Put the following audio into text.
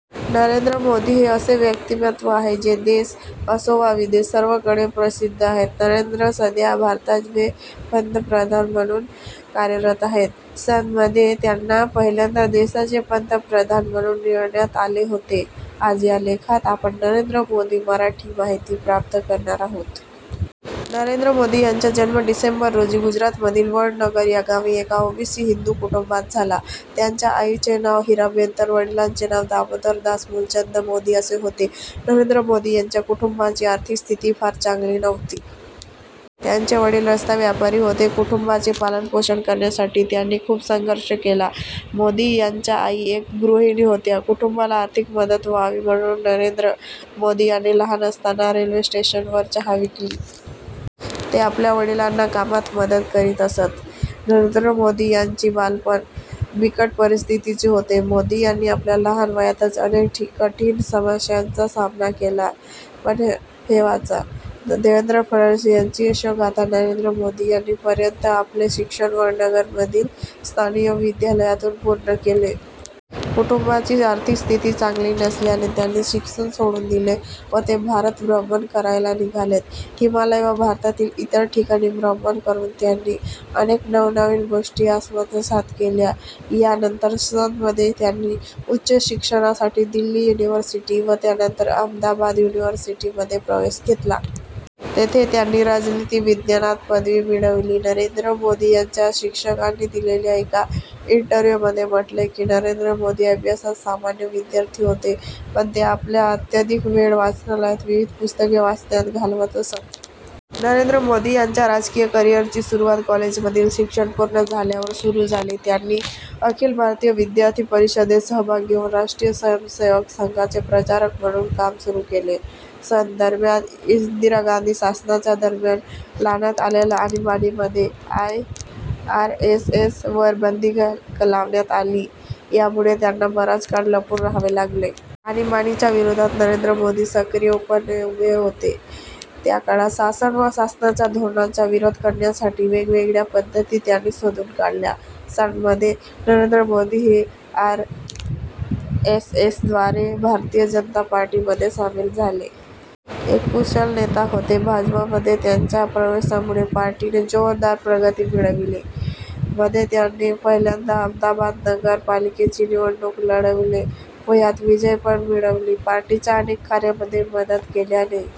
नरेंद्र मोदी हे असे व्यक्तिमत्व आहे जे देश असो वा विदेश सर्वकडे प्रसिद्ध आहेत. नरेंद्र सध्या भारताचे वे पंतप्रधान म्हणून कार्यरत आहेत. सन मध्ये त्यांना पहिल्यांदा देशाचे पंतप्रधान म्हणून निवडण्यात आले होते. आज या लेखात आपण नरेंद्र मोदी मराठी माहिती प्राप्त करणार आहोत. नरेंद्र मोदी यांचा जन्म डिसेंबर रोजी गुजरातमधील वडनगर या गावी एका ओबीसी हिंदू कुटुंबात झाला. त्यांच्या आईचे नाव हिराबेन तर वडिलांचे नाव दामोदरदास मुलचंद मोदी असे होते. नरेंद्र मोदी यांच्या कुटुंबाची आर्थिक स्थिति फार चांगली नव्हती. त्यांचे वडील रस्ता व्यापारी होते. कुटुंबाचे पालनपोषण करण्यासाठी त्यांनी खूप संघर्ष केला. मोदी यांच्या आई एक गृहिणी होत्या. कुटुंबाला आर्थिक मदत व्हावी म्हणून नरेंद्र मोदी यांनी लहान असताना रेल्वे स्टेशन वर चहा विकली. ते आपल्या वडिलांना कामात मदत करीत असत. नरेंद्र मोदी यांची बालपण बिकट परिस्थितीचे होते. मोदी यांनी आपल्या लहान वयातच अनेक कठीण समस्याचा सामना केला. हे पण वाचा> देवेंद्र फडणवीस यांची यशोगाथा नरेंद्र मोदी यांनी पर्यन्त आपले शिक्षण वडनगर मधील स्थानीय विद्यालयातून पूर्ण केले. कुटुंबाची आर्थिक स्थिति चांगली नसल्याने त्यांनी शिक्षण सोडून दिले व ते भारत भ्रमण करायला निघालेत. हिमालय व भारतातील इतर ठिकाणी भ्रमण करून त्यांनी अनेक नवनवीन गोष्टी आत्मसात केल्या. या नंतर सन मध्ये त्यांनी उच्च शिक्षणासाठी दिल्ली यूनिवर्सिटी व त्यानंतर अहमदाबाद यूनिवर्सिटी मध्ये प्रवेश घेतला. तेथे त्यांनी राजनीति विज्ञानात पदवी मिळवली. नरेंद्र मोदी यांच्या शिक्षकांनी दिलेल्या एक इंटरव्ह्यु मध्ये म्हटले की नरेंद्र मोदी अभ्यासात सामान्य विद्यार्थी होते पण ते आपला अत्यधिक वेळ वाचनालयात विविध पुस्तके वाचण्यात घालवत असत. नरेंद्र मोदी यांच्या राजकीय करियर ची सुरुवात कॉलेज मधील शिक्षण पूर्ण झाल्यावर सुरू झाली. त्यांनी अखिल भारतीय विद्यार्थी परिषदेत सहभाग घेऊन राष्ट्रीय स्वयम सेवक संघाचे प्रचारक म्हणून काम सुरू केले. सन दरम्यान इंदिरा गांधी शासनाच्या दरम्यान लावण्यात आलेल्या आणीबाणी मध्ये आरएसएस वर बंदी लावण्यात आली यामुळे त्यांना बराच काळ लपून राहावे लागले. आणीबाणी च्या विरोधात नरेंद्र मोदी सक्रिय पणे उभे होते. त्या काळात शासन व शासनाच्या धोरणांचा विरोध करण्यासाठी वेगवेगळ्या पद्धती त्यांनी शोधून काढल्या. सन मध्ये नरेंद्र मोदी हे आरएसएस द्वारे भारतीय जनता पार्टी मध्ये सामील झाले. एक कुशल नेता होते. भाजपा मध्ये त्यांच्या प्रवेशामुळे पार्टी ने जोरदार प्रगती मिळवली. मध्ये त्यांनी पहिल्यांदा अहमदाबाद नगर पालिकेची निवडणूक लढवली. व यात विजय पण मिळवली. पार्टीच्या अनेक कार्यामध्ये मदत केल्याने